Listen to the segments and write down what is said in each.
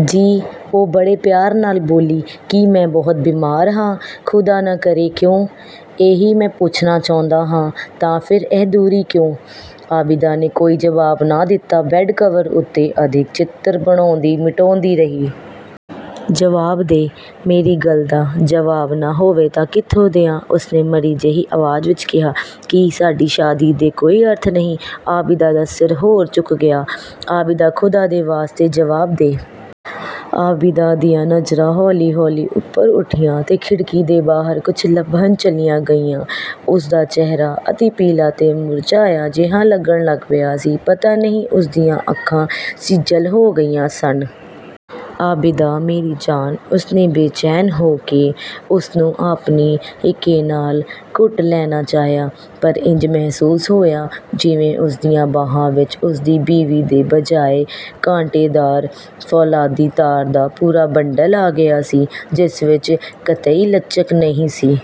"ਜੀ?" ਉਹ ਬੜੇ ਪਿਆਰ ਨਾਲ ਬੋਲੀ। "ਕੀ ਮੈਂ ਬਹੁਤ ਬੀਮਾਰ ਹਾਂ?" "ਖ਼ੁਦਾ ਨਾ ਕਰੇਕਿਉਂ?" "ਇਹੀ ਮੈਂ ਪੁੱਛਣਾ ਚਾਹੁੰਦਾ ਹਾਂ, ਤਾਂ ਫਿਰ ਇਹ ਦੂਰੀ ਕਿਉਂ?"ਆਬਿਦਾ ਨੇ ਕੋਈ ਜਵਾਬ ਨਾ ਦਿੱਤਾ, ਬੈੱਡ-ਕਵਰ ਉੱਤੇ ਅਦਿੱਖ ਚਿੱਤਰ ਬਣਾਉਂਦੀ-ਮਿਟਾਉਂਦੀ ਰਹੀ। "ਜਵਾਬ ਦੇ, ਮੇਰੀ ਗੱਲ ਦਾ?" "ਜਵਾਬ ਨਾ ਹੋਵੇ ਤਾਂ ਕਿੱਥੋਂ ਦਿਆਂ?" ਉਸਨੇ ਮਰੀ ਜਿਹੀ ਆਵਾਜ਼ ਵਿੱਚ ਕਿਹਾ। "ਕੀ ਸਾਡੀ ਸ਼ਾਦੀ ਦੇ ਕੋਈ ਅਰਥ ਨਹੀਂ?" ਆਬਿਦਾ ਦਾ ਸਿਰ ਹੋਰ ਝੁਕ ਗਿਆ। "ਆਬਿਦਾ, ਖ਼ੁਦਾ ਦੇ ਵਾਸਤੇ ਜਵਾਬ ਦੇ?" ਆਬਿਦਾ ਦੀਆਂ ਨਜ਼ਰਾਂ ਹੌਲੀ-ਹੌਲੀ ਉੱਪਰ ਉੱਠੀਆਂ ਤੇ ਖਿੜਕੀ ਦੇ ਬਾਹਰ ਕੁਝ ਲੱਭਣ ਚਲੀਆਂ ਗਈਆਂ। ਉਸਦਾ ਚਿਹਰਾ ਅਤਿ ਪੀਲਾ ਤੇ ਮੁਰਝਾਇਆ ਜਿਹਾ ਲੱਗਣ ਲੱਗ ਪਿਆ ਸੀ। "ਪਤਾ ਨਹੀਂ" ਉਸਦੀਆਂ ਅੱਖਾਂ ਸਿੱਜਲ ਹੋ ਗਈਆਂ ਸਨ। "ਆਬਿਦਾ ਮੇਰੀ ਜਾਨ!" ਉਸਨੇ ਬੇਚੈਨ ਹੋ ਕੇ ਉਸਨੂੰ ਆਪਣੀ ਹਿੱਕੇ ਨਾਲ ਘੁੱਟ ਲੈਣਾ ਚਾਹਿਆ, ਪਰ ਇੰਜ ਮਹਿਸੂਸ ਹੋਇਆ ਜਿਵੇਂ ਉਸਦੀਆਂ ਬਾਹਾਂ ਵਿੱਚ ਉਸਦੀ ਬੀਵੀ ਦੇ ਬਜਾਏ ਕਾਂਟੇਦਾਰ ਫ਼ੌਲਾਦੀ ਤਾਰ ਦਾ ਪੂਰਾ ਬੰਡਲ ਆ ਗਿਆ ਸੀ, ਜਿਸ ਵਿੱਚ ਕਤਈ ਲੱਚਕ ਨਹੀਂ ਸੀ।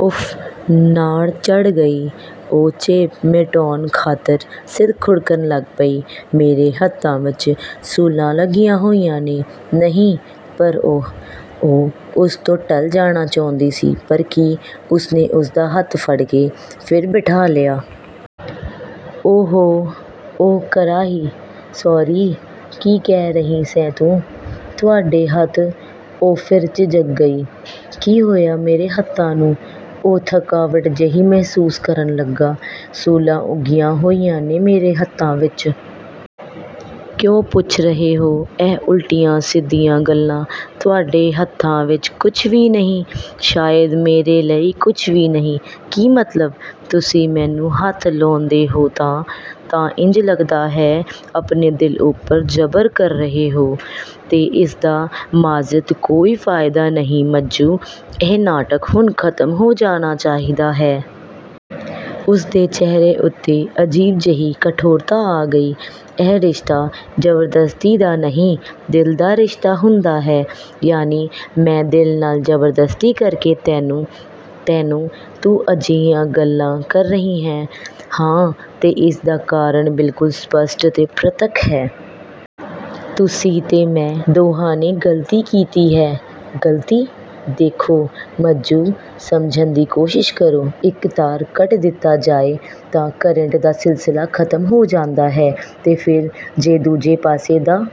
"ਉਫ਼ ਨਾੜ ਚੜ੍ਹ ਗਈ" ਉਹ ਝੇਂਪ ਮਿਟਾਉਣ ਖਾਤਰ, ਸਿਰ ਖੁਰਕਣ ਲੱਗ ਪਈ। "ਮੇਰੇ ਹੱਥਾਂ ਵਿੱਚ ਸੂਲਾਂ ਲੱਗੀਆਂ ਹੋਈਆਂ ਨੇ?" "ਨਹੀਂ ਪਰ ਉਹ" ਉਹ ਉਸ ਤੋਂ ਟਲ ਜਾਣਾ ਚਾਹੁੰਦੀ ਸੀ। "ਪਰ ਕੀ?" ਉਸਨੇ ਉਸਦਾ ਹੱਥ ਫੜ੍ਹ ਕੇ ਫਿਰ ਬਿਠਾ ਲਿਆ। "ਓ-ਹੋ" ਉਹ ਕਰਾਹੀ। "ਸੌਰੀ ਕੀ ਕਹਿ ਰਹੀ ਸੈਂ ਤੂੰ?" "ਤੁਹਾਡੇ ਹੱਥ" ਉਹ ਫਿਰ ਝਿਜਕ ਗਈ। "ਕੀ ਹੋਇਆ ਮੇਰੇ ਹੱਥਾਂ ਨੂੰ?" ਉਹ ਥਕਾਵਟ ਜਿਹੀ ਮਹਿਸੂਸ ਕਰਨ ਲੱਗਾ, "ਸੂਲਾਂ ਉੱਗੀਆਂ ਹੋਈਆਂ ਨੇ ਮੇਰੇ ਹੱਥਾਂ ਵਿੱਚ?" "ਕਿਉਂ ਪੁੱਛ ਰਹੇ ਹੋ ਇਹ ਉਲਟੀਆਂ-ਸਿੱਧੀਆਂ ਗੱਲਾਂ, ਤੁਹਾਡੇ ਹੱਥਾਂ ਵਿੱਚ ਕੁਝ ਵੀ ਨਹੀਂ। ਸ਼ਾਇਦ ਮੇਰੇ ਲਈ ਕੁਝ ਵੀ ਨਹੀਂ।" "ਕੀ ਮਤਲਬ?" "ਤੁਸੀਂ ਮੈਨੂੰ ਹੱਥ ਲਾਉਂਦੇ ਹੋ ਤਾਂ, ਤਾਂ ਇੰਜ ਲੱਗਦਾ ਹੈ, ਆਪਣੇ ਦਿਲ ਉੱਪਰ ਜ਼ਬਰ ਕਰ ਰਹੇ ਹੋ ਤੇ ਇਸ ਦਾ ਮਾਜਿਦ, ਕੋਈ ਫਾਇਦਾ ਨਹੀਂ ਮੱਜੂ, ਇਹ ਨਾਟਕ ਹੁਣ ਖਤਮ ਹੋ ਜਾਣਾ ਚਾਹੀਦਾ ਹੈ।" ਉਸਦੇ ਚਿਹਰੇ ਉੱਤੇ ਅਜੀਬ ਜਿਹੀ ਕਠੋਰਤਾ ਆ ਗਈ, "ਇਹ ਰਿਸ਼ਤਾ ਜ਼ਬਰਦਸਤੀ ਦਾ ਨਹੀਂ, ਦਿਲ ਦਾ ਰਿਸ਼ਤਾ ਹੁੰਦਾ ਹੈ।" "ਯਾਨੀ ਮੈਂ ਦਿਲ ਨਾਲ ਜ਼ਬਰਦਸਤੀ ਕਰਕੇ ਤੈਨੂੰ! ਤੈਨੂੰ? ਤੂੰ ਅਜਿਹੀਆਂ ਗੱਲਾਂ ਕਰ ਰਹੀ ਹੈਂ।" "ਹਾਂ ਤੇ ਇਸ ਦਾ ਕਾਰਨ ਬਿਲਕੁਲ ਸਪਸ਼ਟ ਤੇ ਪ੍ਰਤੱਖ ਹੈ। ਤੁਸੀਂ ਤੇ ਮੈਂ ਦੋਹਾਂ ਨੇ ਗ਼ਲਤੀ ਕੀਤੀ ਹੈ।" "ਗ਼ਲਤੀ?" "ਦੇਖੋ ਮੱਜੂ, ਸਮਝਣ ਦੀ ਕੋਸ਼ਿਸ਼ ਕਰੋ, ਇੱਕ ਤਾਰ ਕੱਟ ਦਿੱਤਾ ਜਾਏ ਤਾਂ ਕਰੰਟ ਦਾ ਸਿਲਸਿਲਾ ਖ਼ਤਮ ਹੋ ਜਾਂਦਾ ਹੈ, ਤੇ ਫਿਰ ਜੇ, ਦੂਜੇ ਪਾਸੇ ਦਾ"